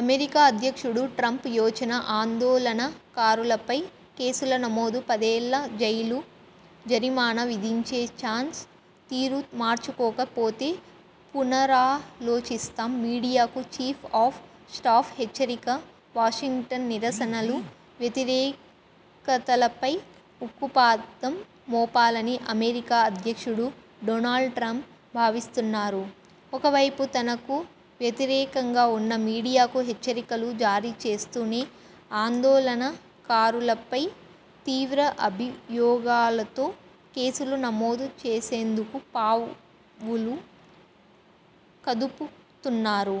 America అధ్యక్షుడు Trump యోచన ఆందోళనకారులపై కేసుల నమోదు పదేళ్ల జైలు, జరిమానా విధించే చాన్స్ తీరు మార్చుకోక పోతే పునరాలోచిస్తాం మీడియాకు చీఫ్ ఆఫ్ స్టాఫ్ హెచ్చరిక వాషింగ్టన్ నిరసనలు, వ్యతిరేకతలపై ఉక్కుపాదం మోపాలని అమెరికా అధ్యక్షుడు డొనాల్డ్ ట్రంప్ భావిస్తున్నారు. ఒకవైపు, తనకు వ్యతిరేకంగా ఉన్న మీడియాకు హెచ్చరికలు జారీ చేస్తూనే, ఆందోళనకారులపై తీవ్ర అభియోగాలతో కేసులు నమోదు చేసేందుకు పావులు కదుపుతున్నారు.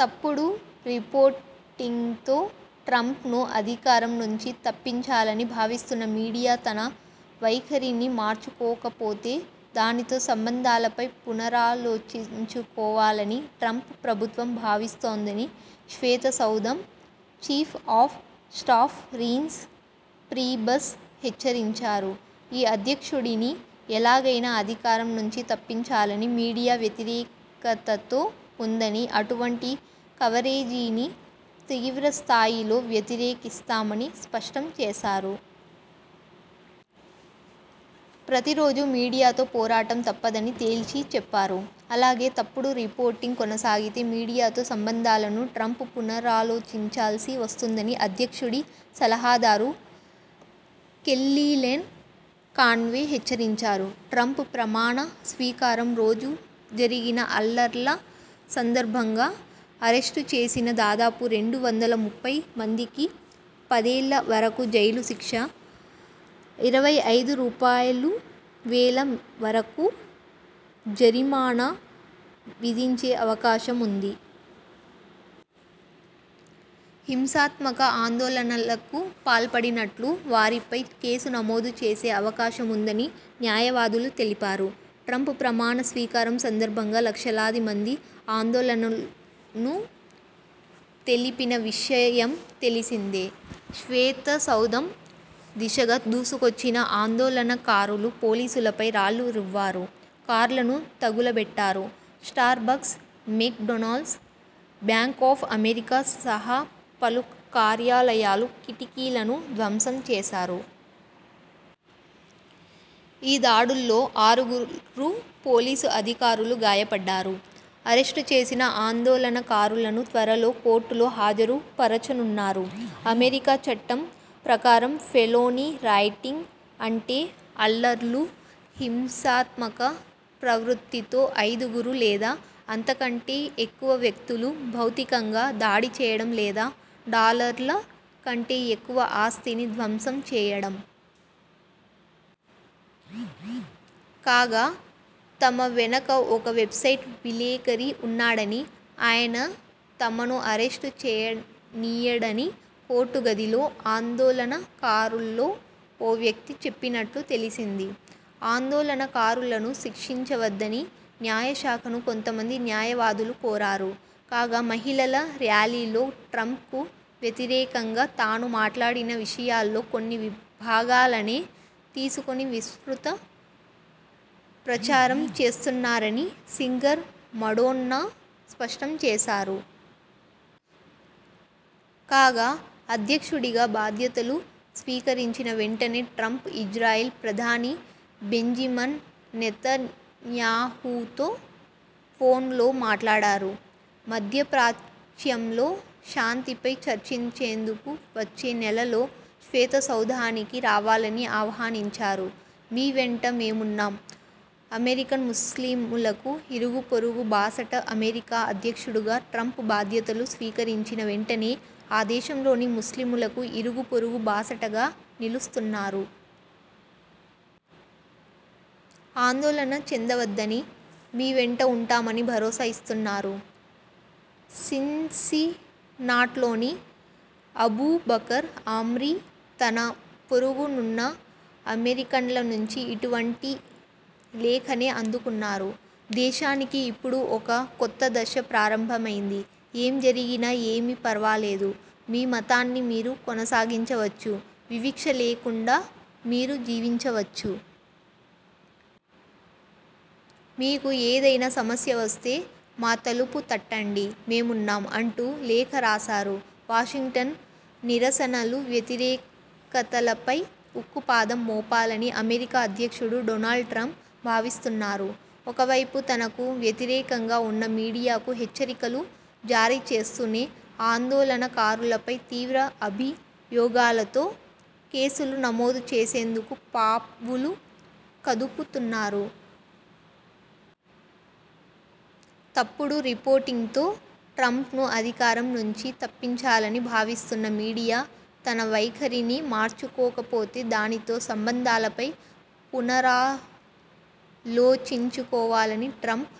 తప్పుడు రిపోర్టింగ్తో ట్రంప్ను అధికారం నుంచి తప్పించాలని భావిస్తున్న మీడియా తన వైఖరిని మార్చుకోకపోతే, దానితో సంబంధాలపై పునరాలోచించుకోవాలని ట్రంప్ ప్రభుత్వం భావిస్తోందని శ్వేతసౌధం chief of staff Reince Priebus హెచ్చరించారు. ఈ అధ్యక్షుడిని ఎలాగైనా అధికారం నుంచి తప్పించాలని మీడియా వ్యతిరేకతతో ఉందని, అటువంటి కవరేజీని తీవ్రస్థాయిలో వ్యతిరేకిస్తామని స్పష్టం చేశారు. ప్రతిరోజూ మీడియాతో పోరాటం తప్పదని తేల్చి చెప్పారు. అలాగే, తప్పుడు రిపోర్టింగ్ కొనసాగితే మీడియాతో సంబంధాలను ట్రంప్ పునరాలోచించాల్సి వస్తుందని అధ్యక్షుడి సలహాదారు కెల్లీలేన్ కాన్వే హెచ్చరించారు. ట్రంప్ ప్రమాణ స్వీకారం రోజు జరిగిన అల్లర్ల సందర్భంగా అరెస్టు చేసిన దాదాపు రెండు వందల ముప్పై మందికి పదేళ్ల వరకూ జైలుశిక్ష, ఇరవై ఐదు రూపాయలువేల వరకూ జరిమానా విధించే అవకాశం ఉంది. హింసాత్మక ఆందోళనల కు పాల్పడినట్లు వారిపై కేసు నమోదు చేసే అవకాశం ఉందని న్యాయవాదులు తెలిపారు. ట్రంప్ ప్రమాణ స్వీకారం సందర్భంగా లక్షలాది మంది ఆందోళనలను తెలిపిన విషయం తెలిసిందే. శ్వేతసౌధం దిశగా దూసుకొచ్చిన ఆందోళనకారులు పోలీసులపై రాళ్లు రువ్వారు. కార్లను తగులబెట్టారు. Starbucks, McDonald's, Bank of America సహా పలు కార్యాలయాలు కిటికీలను ధ్వంసం చేశారు. ఈ దాడుల్లో ఆరుగురు పోలీసు అధికారులు గాయపడ్డారు. అరెస్టు చేసిన ఆందోళనకారులను త్వరలో కోర్టులో హాజరు పరచనున్నారు. అమెరికా చట్టం ప్రకారం ఫెలోనీ రాయిటింగ్ అంటే, అల్లర్లు, హింసాత్మక ప్రవృత్తితో ఐదుగురు లేదా అంతకంటే ఎక్కువ వ్యక్తులు భౌతికంగా దాడి చేయడం లేదా డాలర్ల కంటే ఎక్కువ ఆస్తిని ధ్వంసం చేయడం. కాగా, తమ వెనక ఒక వెబ్సైట్ విలేకరి ఉన్నాడని, ఆయన తమను అరెస్టు చేయనీయడని కోర్టు గదిలో ఆందోళనకారుల్లో ఓ వ్యక్తి చెప్పినట్లు తెలిసింది. ఆందోళనకారులను శిక్షించవద్దని న్యాయ శాఖను కొంతమంది న్యాయవాదులు కోరారు. కాగా, మహిళల ర్యాలీలో ట్రంప్కు వ్యతిరేకంగా తాను మాట్లాడిన విషయాల్లో కొన్ని వి భాగాలనే తీసుకుని విస్తృత ప్రచారం చేస్తున్నారని సింగర్ మడోన్నా స్పష్టం చేశారు. కాగా, అధ్యక్షుడిగా బాధ్యతలు స్వీకరించిన వెంటనే ట్రంప్ ఇజ్రాయెల్ ప్రధాని బెంజిమన్ నెతన్యాహూతో ఫోన్లో మాట్లాడారు. మధ్యప్రాచ్యంలో శాంతిపై చర్చించేందుకు వచ్చే నెలలో శ్వేతసౌధానికి రావాలని ఆహ్వానించారు. మీవెంట మేమున్నాం అమెరికన్ ముస్లిములకు ఇరుగుపొరుగు బాసట అమెరికా అధ్యక్షుడుగా ట్రంప్ బాధ్యతలు స్వీకరించిన వెంటనే, ఆ దేశంలోని ముస్లిములకు ఇరుగు పొరుగు బాసటగా నిలుస్తున్నారు. ఆందోళన చెందవద్దని, మీ వెంట ఉంటామని భరోసా ఇస్తున్నారు. సిన్సినాట్లోని అబూ బకర్ ఆమ్రీ తన పొరుగునున్న అమెరికన్ల నుంచి ఇటువంటి లేఖనే అందుకున్నారు. ''దేశానికి ఇప్పుడు ఒక కొత్త దశ ప్రారంభమైంది. ఏం జరిగినా ఏమీ పర్వాలేదు. మీ మతాన్ని మీరు కొనసాగించవచ్చు. వివక్ష లేకుండా మీరు జీవించవచ్చు. మీకు ఏదైనా సమస్య వస్తే మా తలుపు తట్టండి. మేమున్నాం'' అంటూ లేఖ రాశారు. వాషింగ్టన్ నిరసనలు, వ్యతిరేకతలపై ఉక్కుపాదం మోపాలని అమెరికా అధ్యక్షుడు డొనాల్డ్ ట్రంప్ భావిస్తున్నారు. ఒకవైపు, తనకు వ్యతిరేకంగా ఉన్న మీడియాకు హెచ్చరికలు జారీ చేస్తూనే, ఆందోళనకారులపై తీవ్ర అభియోగాలతో కేసులు నమోదు చేసేందుకు పావులు కదుపుతున్నారు. తప్పుడు రిపోర్టింగ్తో ట్రంప్ను అధికారం నుంచి తప్పించాలని భావిస్తున్న మీడియా తన వైఖరిని మార్చుకోకపోతే, దానితో సంబంధాలపై పునరాలోచించుకోవాలని ట్రంప్